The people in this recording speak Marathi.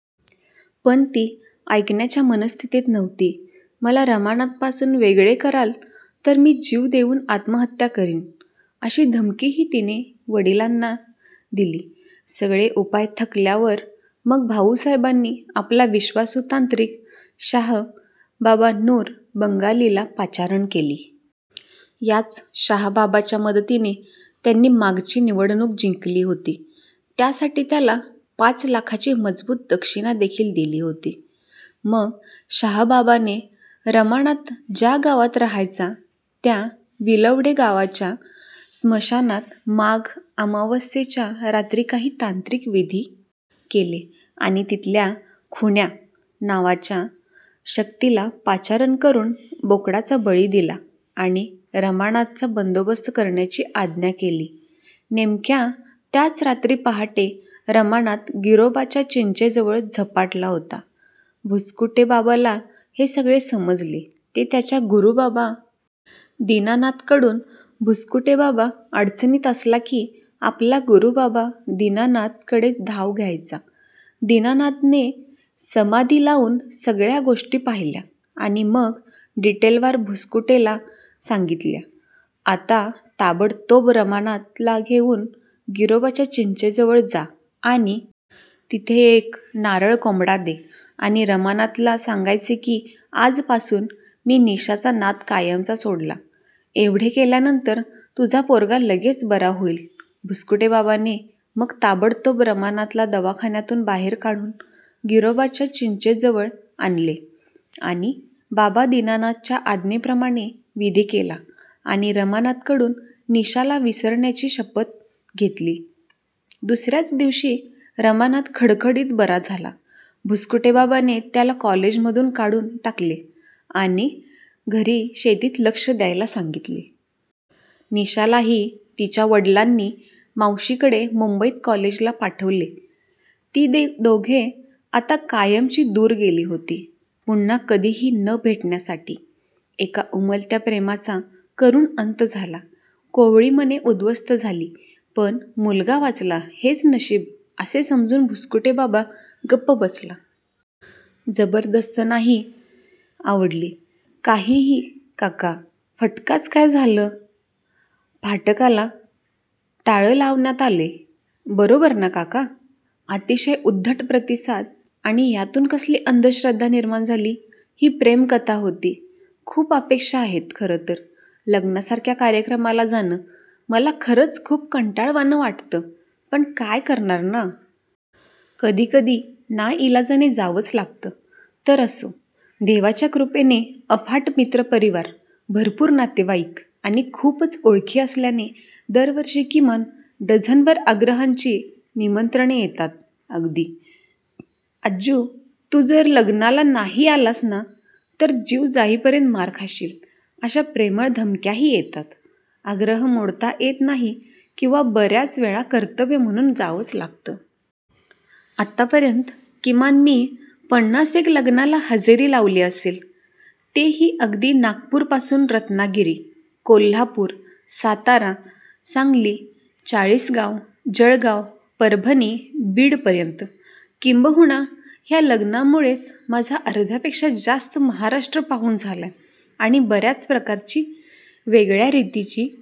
पण ती ऐकण्याच्या मनस्थितीत नव्हती"मला रमानाथ पासून वेगळे कराल तर मी जीव देवून आत्महत्या करीन" अशी धमकीही तिने वडिलांना दिलीसगळे उपाय थकल्या वर मग भाऊसाहेबांनी आपला विश्वासू तांत्रिक शाह बाबा नूर बंगाली ला पाचारण केले. याच शाह बाबाच्या मदतीने त्यांनी मागची निवडणूक जिंकली होतीत्यासाठी त्याला पाच लाखाची मजबूत दक्षिणा देखील दिली होतीमग शाह बाबाने रमानाथ ज्या गावात राहायचा त्या विलवडे गावाच्या स्मशानात माघ अमावास्येच्या रात्री काही तांत्रिक विधी केले, आणि तिथल्या "खुन्या" नावच्या शक्तीला पाचारण करून बोकडाचा बळी दिलाआणि रमानाथ चा बंदोबस्त करण्याची आज्ञा केलीनेमक्या त्याच रात्री पहाटे रमानाथ गिरोबाच्या चिंचेजवळ झपाटला होताभुसकुटे बाबाला हे सगळे समजले ते त्याच्या गुरु बाबा दीनानाथ कडूनभुसकुटे बाबा अडचणीत असला की आपला गुरु बाबा दीनानाथ कडे धाव घ्यायचादीनानाथ ने समाधी लावून सगळ्या गोष्टी पाहिल्या आणि मग डिटेलवार भुसकुटे ला सांगितल्याआता ताबडतोब रमानाथ ला घेवून गिरोबाच्या चिंचेजवळ जा आणि तिथे एक नारळ कोंबडा दे आणि रमानाथ ला सांगायचे की आजपासून मी निशाचा नाद कायमचा सोडलाएवढे केल्यानंतर तुझा पोरगा लगेच बरा होईलभुसकुटे बाबाने मग ताबडतोब रमानाथ ला दवाखान्यातून बाहेर काढून गिरोबाच्या चिंचे जवळ आणले, आणि बाबा दीनानाथच्या आज्ञेप्रमाणे विधी केला आणि रमानाथ कडून निशाला विसरण्याची शपथ घेतलीदुसर्यारच दिवशी रमानाथ खडखडीत बरा झाला, भुसकुटे बाबाने त्याला कॉलेज मधून काढून टाकलेआणि घरी शेतीत लक्ष द्यायला सांगितले.. निशालाही तिच्या वडिलांनी मावशीकडे मुंबईत कॉलेजला पाठवलेटी दोघे आता कायमची दूर गेली होती.. पुन्हा कधीही न भेटण्यासाठीएका उमलत्या प्रेमाचा करुण अंत झाला, कोवळी मने उद्ध्वस्त झालीपण मुलगा वाचला हेच नशीब असे समजून भुसकुटे बाबा गप्प बसला! जबरदस्तनाही आवडली.. काहीहीकाका, फाटकाच काय झाल???? फाटकाला टाळं लावण्यात आलंय. बरोबर ना काका. अतिशय उद्धट प्रतिसाद आणी यातून कसली अंधश्रद्धा निर्माण झाली. ही प्रेमकथा होती?.. खुप अपेक्षा आहेत खरंतरं लग्नासारख्या कार्यक्रमाला जाणं मला खरचं खुप कंटाळणवाणं वाटतं पण काय करणार ना? कधी कधी नाईलाजाने जावचं लागत. तर असो, देवाच्या कृपेने अफाट मित्रपरिवार, भरपूर नातेवाईक आणि खुपच ओळखी असल्याने दरवर्षी किमान डझनभर आग्रहाची निमंत्रणे येतात अगदी "अज्जु तु जर लग्नाला नाही आलास ना तर जीव जाईपर्यंत मार खाशील" अशा प्रेमळ धमक्याही येतात, आग्रह मोडता येत नाही किंवा बर्याचवेळा कर्तव्य म्हणून जावचं लागतं. आतापर्यंत किमान मी पन्नास एक लग्नाला हजेरी लावली असेल.. ते ही अगदी नागपूरपासून रत्नागिरी, कोल्हापूर, सातारा, सांगली, चाळीसगाव, जळगाव, परभणी, बीडपर्यंत किंबहुना ह्या लग्नांमुळेच माझा अर्ध्यापेक्षा जास्त महाराष्ट्र पाहून झालाय आणि बर्याच प्रकारची, वेगळ्या रितीची